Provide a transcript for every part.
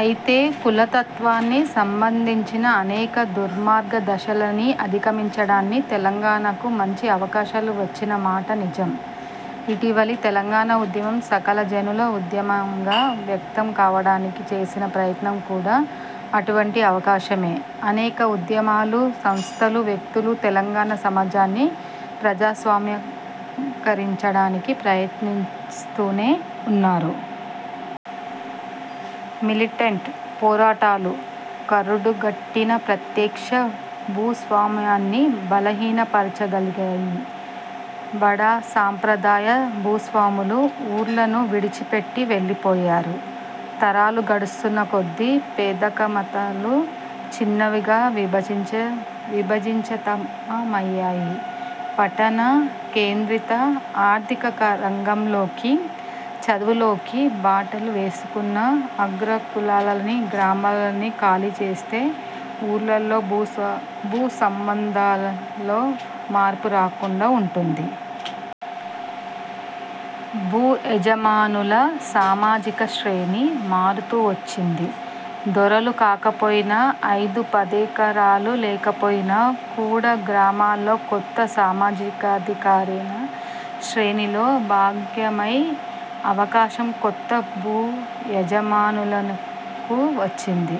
అయితే, కులతత్వానికి సంబంధించిన అనేక దుర్మార్గ దశలను అధిగమించడానికి తెలంగాణకు మంచి అవకాశాలు వచ్చిన మాట నిజం. ఇటీవలి తెలంగాణ ఉద్యమం సకలజనుల ఉద్యమంగా వ్యక్తం కావడానికి చేసిన ప్రయత్నం కూడా అటువంటి అవకాశమే. అనేక ఉద్యమాలు, సంస్థలు, వ్యక్తులు తెలంగాణ సమాజాన్ని ప్రజాస్వామ్యీకరించడానికి ప్రయత్నిస్తూనే ఉన్నారు. మిలిటెంట్ పోరాటాలు కరుడుగట్టిన ప్రత్యక్ష భూస్వామ్యాన్ని బలహీనపరచగలిగాయి. బడా సాంప్రదాయ భూస్వాములు ఊర్లను విడిచిపెట్టి వెళ్లిపోయారు. తరాలు గడుస్తున్న కొద్దీ పెద్దకమతాలు చిన్నవిగా విభజితమయ్యాయి. పట్టణ కేంద్రిత ఆర్థికరంగాలలోకి, చదువులలోకి బాటలు వేసుకున్న అగ్రకులాలన్నీ గ్రామాలను ఖాళీ చేస్తే, ఊళ్లల్లో భూసంబంధాలలో మార్పు రాకుండా ఉంటుందా? భూయజమానుల సామాజిక శ్రేణి మారుతూ వచ్చింది. దొరలు కాకపోయినా, ఐదుపదెకరాలు లేకపోయినా కూడా గ్రామంలో కొత్త సామాజికాధికార శ్రేణిలో భాగమ్య అవకాశం కొత్త భూయజమానులకు వచ్చింది.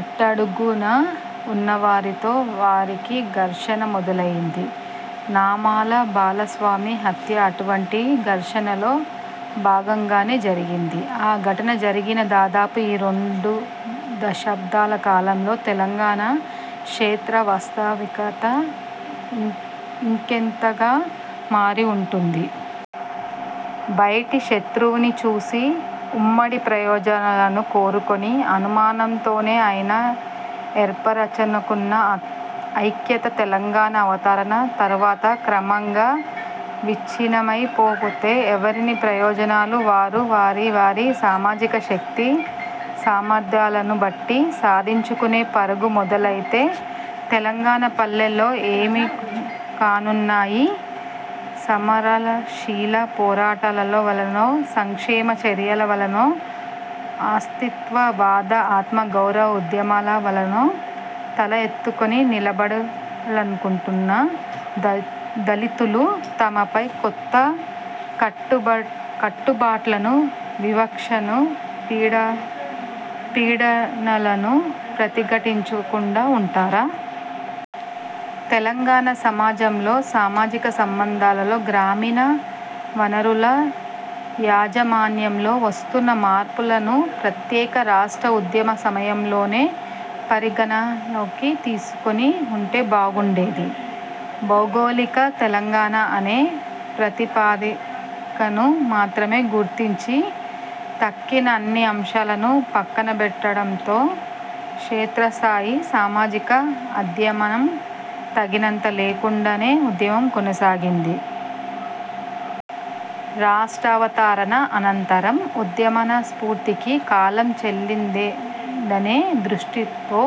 అట్టడుగున ఉన్నవారితో వారికి ఘర్షణ మొదలైంది. నామాల బాలస్వామి హత్య అటువంటి ఘర్షణలో భాగంగానే జరిగింది. ఆ ఘటన జరిగిన దాదాపు ఈ రెండు దశాబ్దాల కాలంలో తెలంగాణ క్షేత్రవాస్తవికత ఇంకెంతగా మారి ఉంటుంది? బయటి శత్రువును చూసి, ఉమ్మడి ప్రయోజనాలను కోరుకుని అనుమానంతోనే అయినా- ఏర్పరచుకున్న ఐక్యత తెలంగాణ అవతరణ తరువాత క్రమంగా విచ్ఛిన్నమైపోతే, ఎవరి ప్రయోజనాలు వారు వారి వారి సామాజిక శక్తి సామర్థ్యాలను బట్టి సాధించుకునే పరుగు మొదలైతే, తెలంగాణ పల్లెలు ఏమి కానున్నాయి? సమరశీల పోరాటాల వల్లనో, సంక్షేమ చర్యల వల్లనో, అస్తిత్వ వాద ఆత్మగౌరవ ఉద్యమాల వల్లనో తల ఎత్తుకుని నిలబడాలనుకుంటున్న దళితులు తమపై కొత్త కట్టుబాట్లను, వివక్షను, పీడనలను ప్రతిఘటించకుండా ఉంటారా? తెలంగాణ సమాజంలో సామాజిక సంబంధాలలో, గ్రామీణ వనరుల యాజమాన్యంలో వస్తున్న మార్పులను ప్రత్యేక రాష్ట్ర ఉద్యమసమయంలోనే పరిగణనలోకి తీసుకుని ఉంటే బాగుండేది. భౌగోళిక తెలంగాణ అనే ప్రాతిపదికను మాత్రమే గుర్తించి, తక్కిన అన్ని అంశాలను పక్కనబెట్టడంతో, క్షేత్రస్థాయి సామాజిక అధ్యయనం తగినంత లేకుండానే ఉద్యమం కొనసాగింది. రాష్ట్రావతరణ అనంతరం ఉద్యమస్ఫూర్తికి కాలం చెల్లిందనే దృష్టితో,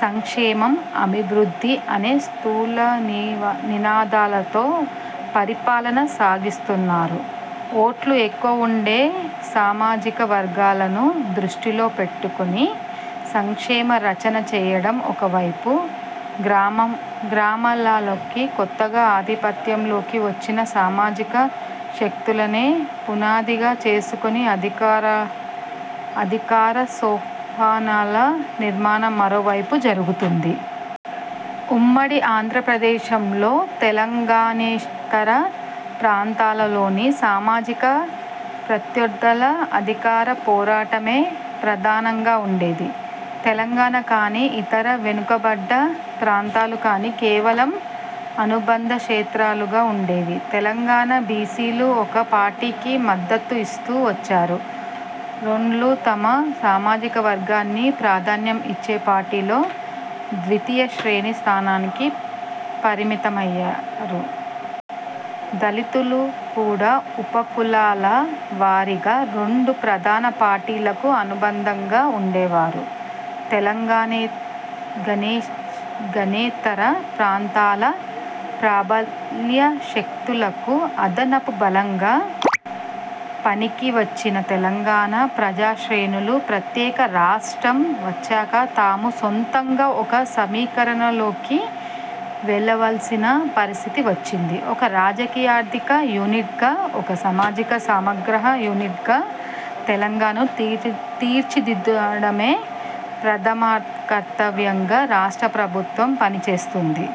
సంక్షేమం- అభివృద్ధి అనే స్థూలనినాదాలతో పరిపాలన సాగిస్తున్నారు. ఓట్లు ఎక్కువ ఉండే సామా జిక వర్గాలను దృష్టిలో పెట్టుకుని సంక్షేమ రచన చేయడం ఒక వైపు, గ్రామా లలో కొత్తగా ఆధిపత్యంలోకి వచ్చిన సామాజిక శక్తులనే పునాదిగా చేసుకుని అధికారసోపానాల నిర్మాణం మరోవైపు జరుగుతోంది. ఉమ్మడి ఆంధ్రప్రదేశ్లో తెలంగాణేతర ప్రాంతాలలోని సామాజిక ప్రత్యర్థుల అధికారపోరాటమే ప్రధానంగా ఉండేది. తెలంగాణ కానీ, ఇతర 'వెనుకబడ్డ' ప్రాంతాలు కానీ కేవలం అనుబంధ క్షేత్రాలుగా ఉండేవి. తెలంగాణ బిసిలు ఒక పార్టీకి మద్దతు ఇస్తూ వచ్చారు. రెడ్లు తమ సామాజిక వర్గానికే ప్రాధాన్యం ఇచ్చే పార్టీలో ద్వితీయశ్రేణి స్థానానికి పరిమితమయ్యారు. దళితులు కూడా ఉపకులాల వారీగా రెండు ప్రధాన పార్టీలకు అనుబంధంగా ఉండేవారు. తెలంగాణేతర ప్రాంతాల ప్రాబల్యశక్తులకు అదనపు బలంగా పనికివచ్చిన తెలంగాణ ప్రజాశ్రేణులు, ప్రత్యేక రాష్ట్రం వచ్చాక తాము సొంతంగా ఒక సమీకరణలోకి వెళ్లవలసిన పరిస్థితి వచ్చింది. ఒక రాజకీయార్థిక యూనిట్గా, ఒక సామాజిక సమగ్ర యూనిట్గా తెలంగాణను తీర్చిదిద్దడమే ప్రథమకర్తవ్యంగా రాష్ట్ర ప్రభుత్వం పనిచేస్తున్నది.